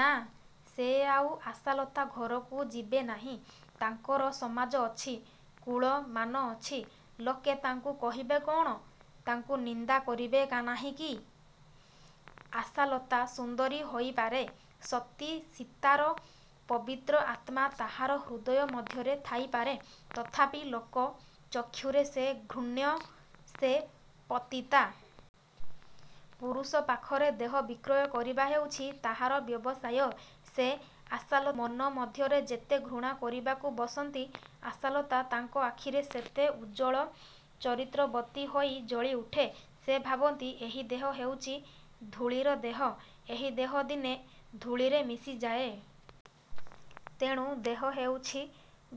ନା, ସେ ଆଉ ଆଶାଲତା ଘରକୁ ଯିବେନାହିଁ। ତାଙ୍କର ସମାଜ ଅଛି, କୁଳ, ମାନ ଅଛି-। ଲୋକେ ତାଙ୍କୁ କହିବେ କ'ଣ? ତାଙ୍କୁ ନିନ୍ଦା କରିବେ ନାହିଁକି? ଆଶାଲତା ସୁନ୍ଦରୀ ହୋଇପାରେ। ସତୀ ସୀତାର ପବିତ୍ର ଆତ୍ମା ତାହାର ହୃଦୟ ମଧ୍ୟରେ ଥାଇପାରେ। ତଥାପି ଲୋକ ଚକ୍ଷୁରେ ସେ ଘୃଣ୍ୟା, ସେ ପତିତା। ପୁରୁଷ ପାଖରେ ଦେହ ବିକ୍ରୟ କରିବା ହେଉଛି ତାହାର ବ୍ୟବସାୟ। ସେ ଆଶାଲତାକୁ ମନ ମଧ୍ୟରେ ଯେତେ ଘୃଣା କରିବାକୁ ବସନ୍ତି ଆଶାଲତା ତାଙ୍କ ଆଖିରେ ସେତେ ଉଜ୍ଜ୍ୱଳ ଚରିତ୍ରବତୀ ହୋଇ ଜଳିଉଠେ। ସେ ଭାବନ୍ତି ଏହି ଦେହ ହେଉଛି ଧୂଳିର ଦେହ। ଏହି ଦେହ ଦିନେ ଧୂଳିରେ ମିଶିଯାଏ-। ତେଣୁ ଦେହ ହେଉଛି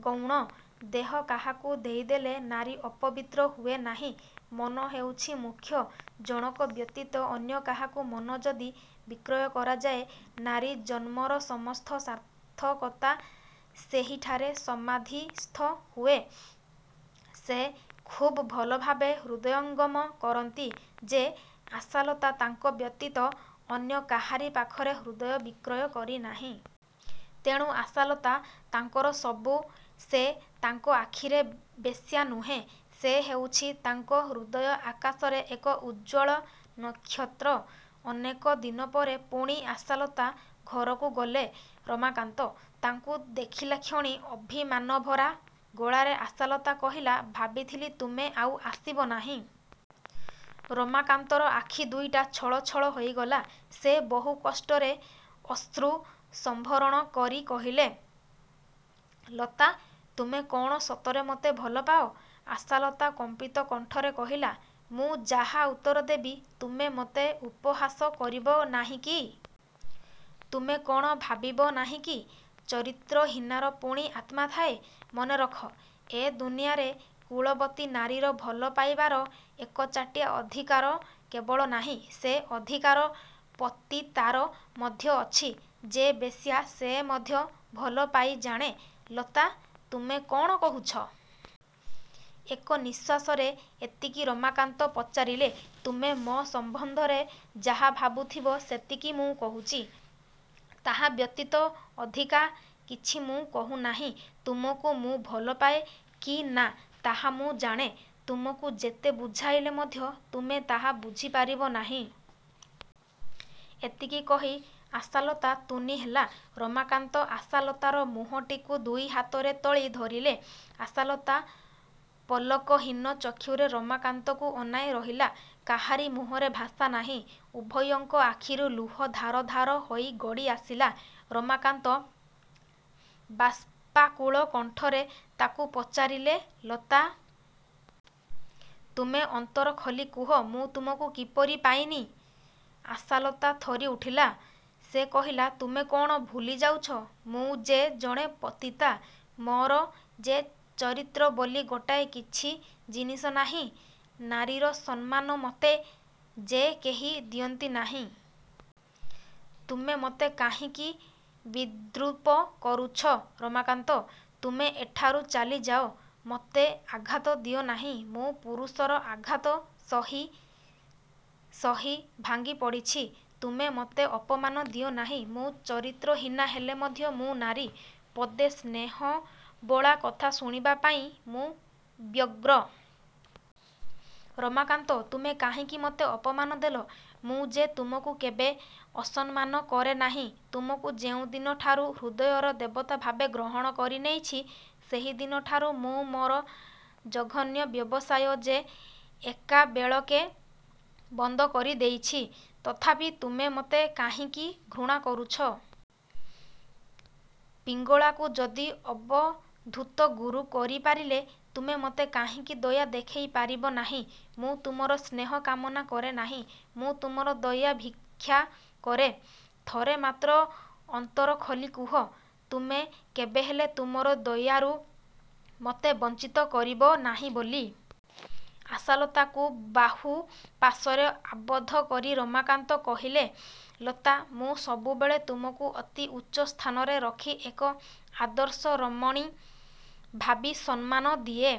ଗୌଣ। ଦେହ କାହାକୁ ଦେଇଦେଲେ ନାରୀ ଅପବିତ୍ର ହୁଏ ନାହିଁ, ମନ ହେଉଛି ମୁଖ୍ୟ। ଜଣକ ବ୍ୟତୀତ ଅନ୍ୟ କାହାକୁ ମନ ଯଦି ବିକ୍ରୟ କରାଯାଏ ନାରୀ ଜନ୍ମର ସମସ୍ତ ସାର୍ଥକତା ସେହିଠାରେ ସମାଧିସ୍ଥ ହୁଏ। ସେ ଖୁବ୍ ଭଲଭାବେ ହୃଦୟଙ୍ଗମ କରନ୍ତି ଯେ ଆଶାଲତା ତାଙ୍କ ବ୍ୟତୀତ ଅନ୍ୟ କାହାରି ପାଖରେ ହୃଦୟ ବିକ୍ରୟ କରିନାହିଁ। ତେଣୁ ଆଶାଲତା ତାଙ୍କର ସବୁ-। ସେ ତାଙ୍କ ଆଖିରେ ବେଶ୍ୟା ନୁହେଁ। ସେ ହେଉଛି ତାଙ୍କ ହୃଦୟ ଆକାଶରେ ଏକ ଉଜ୍ଜ୍ୱଳ ନକ୍ଷତ୍ର-। ଅନେକ ଦିନପରେ ପୁଣି ଆଶାଲତା ଘରକୁ ଗଲେ ରମାକାନ୍ତ। ତାଙ୍କୁ ଦେଖିଲାକ୍ଷଣି ଅଭିମାନଭରା ଗଳାରେ ଆଶାଲତା କହିଲା, ''ଭାବିଥିଲି ତୁମେ ଆଉ ଆସିବ ନାହିଁ। '' ରମାକାନ୍ତର ଆଖି ଦୁଇଟା ଛଳଛଳ ହୋଇଗଲା। ସେ ବହୁ କଷ୍ଟରେ ଅଶ୍ରୁ ସମ୍ବରଣ କରି କହିଲେ, ''ଲତା! ତୁମେ କ'ଣ ସତରେ ମୋତେ ଭଲପାଅ? '' ଆଶାଲତା କମ୍ପିତ କଣ୍ଠରେ କହିଲା, ''ମୁଁ ଯାହା ଉତ୍ତର ଦେବି ତୁମେ ମୋତେ ଉପହାସ କରିବ ନାହିଁକି? ତୁମେ କ'ଣ ଭାବିବ ନାହିଁକି ଚରିତ୍ରହୀନାର ପୁଣି ଆତ୍ମା ଥାଏ? ମନେରଖ, ଏ ଦୁନିଆରେ କୁଳବତୀ ନାରୀର ଭଲ ପାଇବାର ଏକଚାଟିଆ ଅଧିକାର କେବଳ ନାହିଁ। ସେ ଅଧିକାର ପତିତାର ମଧ୍ୟ ଅଛି। ଯେ ବେଶ୍ୟା ସେ ମଧ୍ୟ ଭଲପାଇ ଜାଣେ। '' ''ଲତା! ତୁମେ କ'ଣ କହୁଛ? '' ଏକ ନିଶ୍ୱାସରେ ଏତିକି ରମାକାନ୍ତ ପଚାରିଲେ। ''ତୁମେ ମୋ ସମ୍ବନ୍ଧରେ ଯାହା ଭାବୁଥିବ ସେତିକି ମୁଁ କହୁଛି। ତାହା ବ୍ୟତୀତ ଅଧିକା କିଛି ମୁଁ କହୁନାହିଁ। ତୁମକୁ ମୁଁ ଭଲପାଏ କି ନା ତାହା ମୁଁ ଜାଣେ। ତୁମକୁ ଯେତେ ବୁଝାଇଲେ ମଧ୍ୟ ତୁମେ ତାହା ବୁଝିପାରିବ ନାହିଁ। ଏତିକି କହି ଆଶାଲତା ତୁନି ହେଲା। ରମାକାନ୍ତ ଆଶାଲତାର ମୁହଁଟିକୁ ଦୁଇହାତରେ ତୋଳି ଧରିଲେ। ଆଶାଲତା ପଲକହୀନ ଚକ୍ଷୁରେ ରମାକାନ୍ତକୁ ଅନାଇ ରହିଲା। କାହାରି ମୁହଁରେ ଭାଷା ନାହିଁ। ଉଭୟଙ୍କ ଆଖିରୁ ଲୁହ ଧାର ଧାର ହୋଇ ଗଡ଼ିଆସିଲା। ରମାକାନ୍ତ ବାଷ୍ପାକୁଳ କଣ୍ଠରେ ତାକୁ ପଚାରିଲେ, ''ଲତା! ତୁମେ ଅନ୍ତର ଖୋଲି କୁହ ମୁଁ ତୁମକୁ କିପରି ପାଇନି? '' ଆଶାଲତା ଥରିଉଠିଲା। ସେ କହିଲା, ''ତୁମେ କ'ଣ ଭୁଲିଯାଉଛ, ମୁଁ ଯେ ଜଣେ ପତିତା। ମୋର ଯେ ଚରିତ୍ର ବୋଲି ଗୋଟାଏ କିଛି ଜିନିଷ ନାହିଁ। ନାରୀର ସମ୍ମାନ ମୋତେ। ଯେ କେହି ଦିଅନ୍ତି ନାହିଁ। ତୁମେ ମୋତେ କାହିଁକି ବିଦ୍ରୂପ କରୁଛ ରମାକାନ୍ତ? ତୁମେ ଏଠାରୁ ଚାଲିଯାଅ-। ମୋତେ ଆଘାତ ଦିଅନାହିଁ। ମୁଁ ପୁରୁଷର ଆଘାତ ସହି ସହି ଭାଙ୍ଗିପଡ଼ିଛି। ତୁମେ ମୋତେ ଅପମାନ ଦିଅନାହିଁ। ମୁଁ ଚରିତ୍ରହୀନା ହେଲେ ମଧ୍ୟ ମୁଁ ନାରୀ। ପଦେ ସ୍ନେହବୋଳା କଥା ଶୁଣିବା ପାଇଁ ମୁଁ ବ୍ୟଗ୍ର। ରମାକାନ୍ତ! ତୁମେ କାହିଁକି ମୋତେ ଅପମାନ ଦେଲ? ମୁଁ ଯେ ତୁମକୁ କେବେ ଅସମ୍ମାନ କରେ ନାହିଁ। ତୁମକୁ ଯେଉଁ ଦିନଠାରୁ ହୃଦୟର ଦେବତା ଭାବେ ଗ୍ରହଣ କରିନେଇଛି ସେହିଦିନଠାରୁ ମୁଁ ମୋର ଜଘନ୍ୟ ବ୍ୟବସାୟ ଯେ ଏକାବେଳକେ ବନ୍ଦ କରିଦେଇଛି। ତଥାପି ତୁମେ ମୋତେ କାହିଁକି ଘୃଣା କରୁଛ? ପିଙ୍ଗଳାକୁ ଯଦି ଅବଧୂତ ଗୁରୁ କରିପାରିଲେ, ତୁମେ ମୋତେ କାହିଁକି ଦୟା ଦେଖାଇପାରିବ ନାହିଁ? ମୁଁ ତୁମର ସ୍ନେହ କାମନା କରେ ନାହିଁ। ମୁଁ ତୁମର ଦୟା ଭିକ୍ଷା କରେ। ଥରେ ମାତ୍ର ଅନ୍ତରଖୋଲି କୁହ, ତୁମେ କେବେହେଲେ ତୁମର ଦୟାରୁ ମୋତେ ବଞ୍ଚିତ କରିବ ନାହିଁ ବୋଲି। ଆଶାଲତାକୁ ବାହୁପାଶରେ ଆବଦ୍ଧକରି ରମାକାନ୍ତ କହିଲେ, ''ଲତା! ମୁଁ ସବୁବେଳେ ତୁମକୁ ଅତି ଉଚ୍ଚ ସ୍ଥାନରେ ରଖି ଏକ ଆଦର୍ଶ ରମଣୀ ଭାବି ସମ୍ମାନ ଦିଏ।